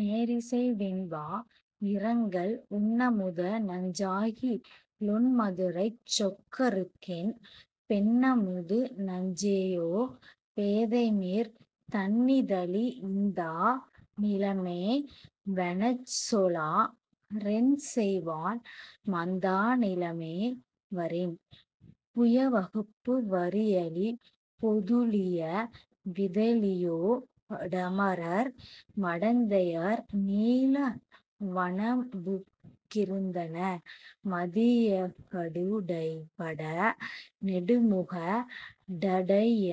நேரிசை வெண்பா இரங்கல் உண்ணமுத நஞ்சாகி லொண்மதுரைச் சொக்கருக்கென் பெண்ணமுது நஞ்சேயோ பேதைமீர்- தண்ணிதழி இந்தா நிலமே வெனச்சொலா ரென்செய்வாண் மந்தா நிலமே வரின். புயவகுப்பு வரியளி பொதுளிய விதழியொ டமரர் மடந்தையர் நீல வனம்புக் கிருந்தன மதியக டுடைபட நெடுமுக டடைய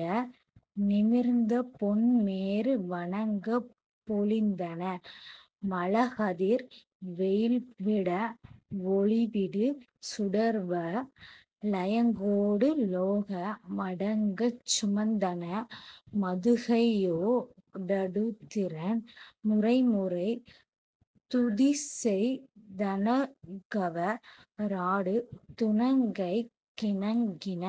நிமிர்ந்தபொன் மேரு வணங்கப் பொலிந்தன மழகதிர் வெயில்விட வொளிவிடு சுடர்வ லயங்கொடு லோக மடங்கச் சுமந்தன மதுகையொ டடுதிறன் முறைமுறை துதிசெய் தணங்கவ ராடு துணங்கைக் கிணங்கின.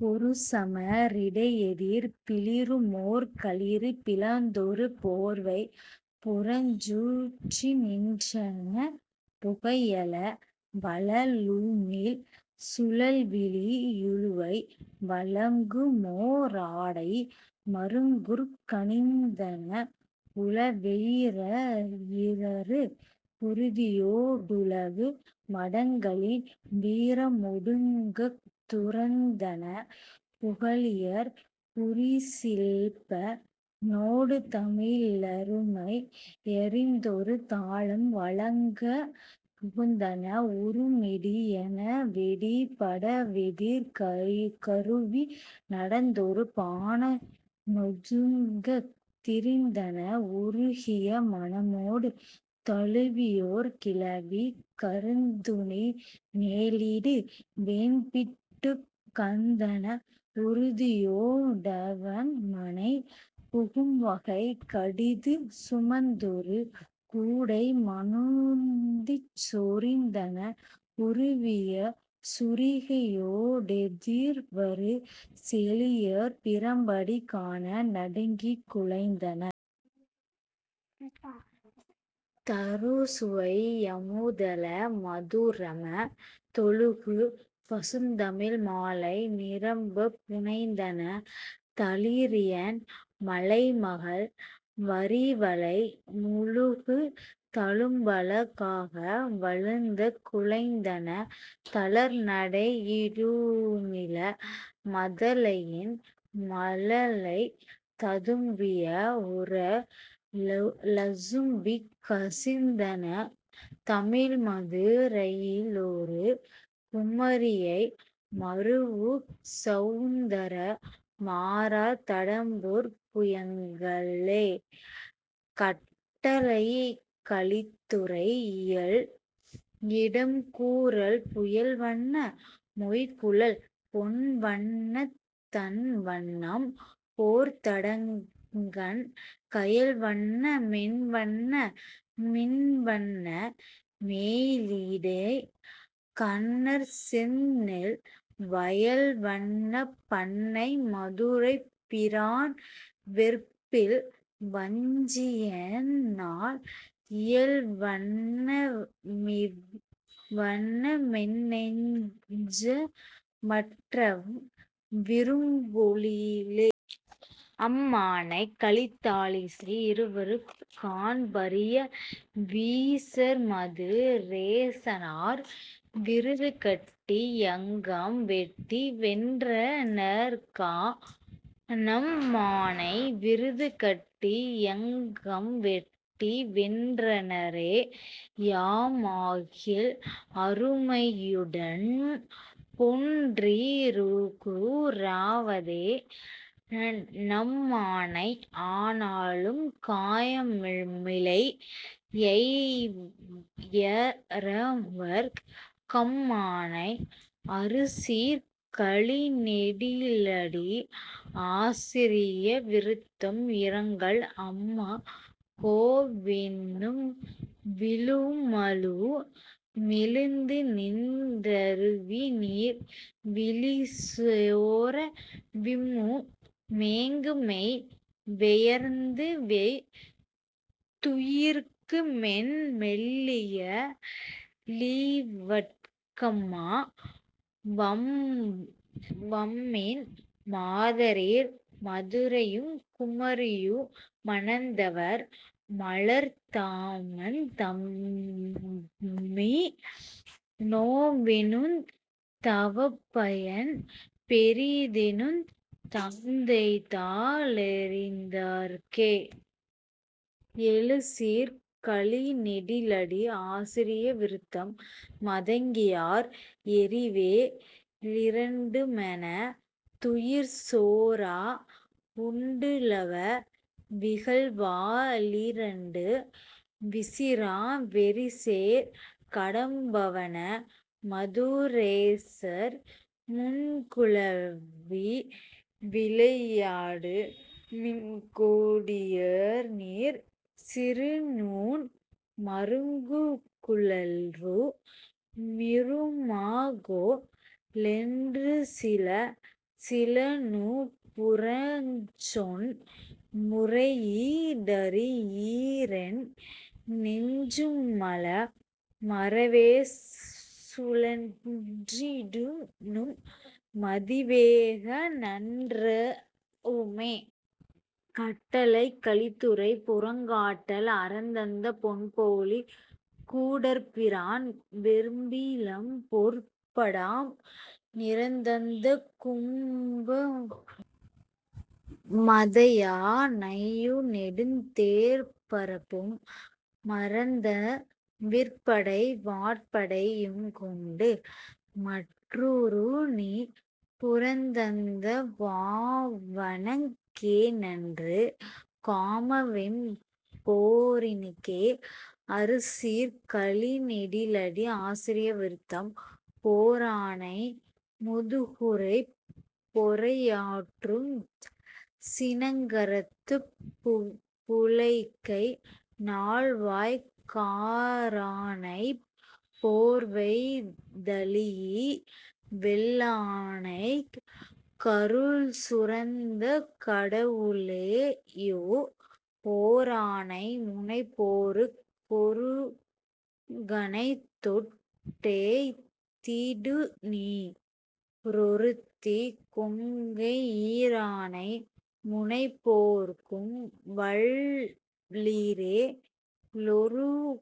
பொருசம ரிடையெதிர் பிளிறுமொர் களிறு பிளந்தொரு போர்வை புறஞ்சுற் றிநின்றன புகையெழ வழலுமிழ் சுழல்விழி யுழுவை வழங்குமொ ராடை மருங்குற் கணிந்தன புலவெயி றயிறரு குருதியொ டுலவு மடங்கலின் வீர மொடுங்கத் துரந்தன புகலியர் குரிசில்ப ணொடுதமி ழருமை யறிந்தொரு தாளம் வழங்கப் புகுந்தன. உருமிடி யெனவெடி படவெதிர் கறுவி நடந்தொரு பாண னொதுங்கத் திரிந்தன உருகிய மனமொடு தழுவியொர் கிழவி கருந்துணி மேலிடு வெண்பிட் டுகந்தன உறுதியொ டவண்மனை புகும்வகை கடிது சுமந்தொரு கூடை மணுந்திச் சொரிந்தன உருவிய சுரிகையொ டெதிர்வரு செழியர் பிரம்படி காண நடுங்கிக் குலைந்தன. தருசுவை யமுதெழ மதுரம தொழுகு பசுந்தமிழ் மாலை நிரம்பப் புனைந்தன தளிரியன் மலைமகள் வரிவளை முழுகு தழும்பழ காக வழுந்தக் குழைந்தன தளர்நடை யிடுமிள மதலையின் மழலை ததும்பிய வூற லசும்பக் கசிந்தன தமிழ்மது ரையிலொரு குமரியை மருவு சவுந்தர மாறர் தடம்பொற் புயங்களே. கட்டளைக்கலித்துறை இயல் இடம் கூறல் புயல்வண்ண மொய்குழல் பொன்வண்ணந் தன்வண்ணம் போர்த்தடங்கண் கயல்வண்ண மென்வண்ண மின்வண்ண மேயிடை கன்னற்செந்நெல் வயல்வண்ணப் பண்ணை மதுரைப் பிரான்வெற்பில் வஞ்சியன்னாள் இயல்வண்ண மிவ்வண்ண மென்னெஞ்ச மற்றவ் விரும்பொழிலே. அம்மானை கலித்தாழிசை இருவருக்குங் காண்பரிய வீசர்மது ரேசனார் விருதுகட்டி யங்கம்வெட்டி வென்றனர்கா ணம்மானை விருதுகட்டி யங்கம்வெட்டி வென்றனரே யாமாகில் அருமையுடம் பொன்றிருகூ றாவதே னம்மானை ஆனாலுங் காயமிலை யையரவர்க் கம்மானை. அறுசீர்க் கழிநெடிலடி ஆசிரிய விருத்தம் இரங்கல் அம்ம கோவெனும் விழுமழு மெழுந்துநின் றருவிநீர் விழிசோர விம்மு மேங்குமெய் வெயர்த்துவெய் துயிர்க்குமென் மெல்லிய லிவட்கம்மா வம்மின் மாதரீர் மதுரையுங் குமரியு மணந்தவர் மலர்த்தாமந் தம்மி னோவெனுந் தவப்பயன் பெரிதெனுந் தந்தைதா ளெறிந்தார்க்கே. எழுசீர்க் கழிநெடிலடி ஆசிரிய விருத்தம் மதங்கியார் எறிவே லிரண்டுமென துயிர்சோர வுண்டுலவ விகல்வா ளிரண்டு விசிறா வெறிசேர் கடம்பவன மதுரேசர் முன்குலவி விளையாடு மின்கொ டியனீர் சிறுநூன் மருங்குலிறு மிறுமாகொ லென்றுசில சிலநூ புரஞ்சொன் முறையீ டறியீரென் னெஞ்சுமல மரவேசு ழன்றிடுநும் மதிவேக நன்ற றவுமே. கட்டளைக் கலித்துறை புறங் காட்டல் அறந்தந்த பொன்பொலி கூடற்பிரான் வெற்பி லம்பொற் படாம் நிறந்தந்த கும்ப மதயா னையுநெடுந் தேர்ப்பரப்பும் மறந்தந்த விற்படை வாட்படை யுங்கொண்டு மற்றொருநீ புறந்தந்த வாவணங் கேநன்று காமவெம் போரினுக்கே. அறுசீர்க் கழிநெடிலடி ஆசிரிய விருத்தம் போரானை முதுகுறைப்பப் பொறையாற்றுஞ் சினகரத்துப் புழைக்கை நால்வாய்க் காரானைப் போர்வைதழீஇ வெள்ளானைக் கருள்சுரந்த கடவு ளேயோ ஓரானை முனைப்போருக் கொருகணைதொட் டெய்திடுநீ ரொருத்தி கொங்கை ஈரானை முனைப்போர்க்கும் வல்லீரே லொருகணைதொட்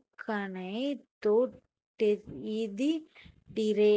டெய்தி டீரே.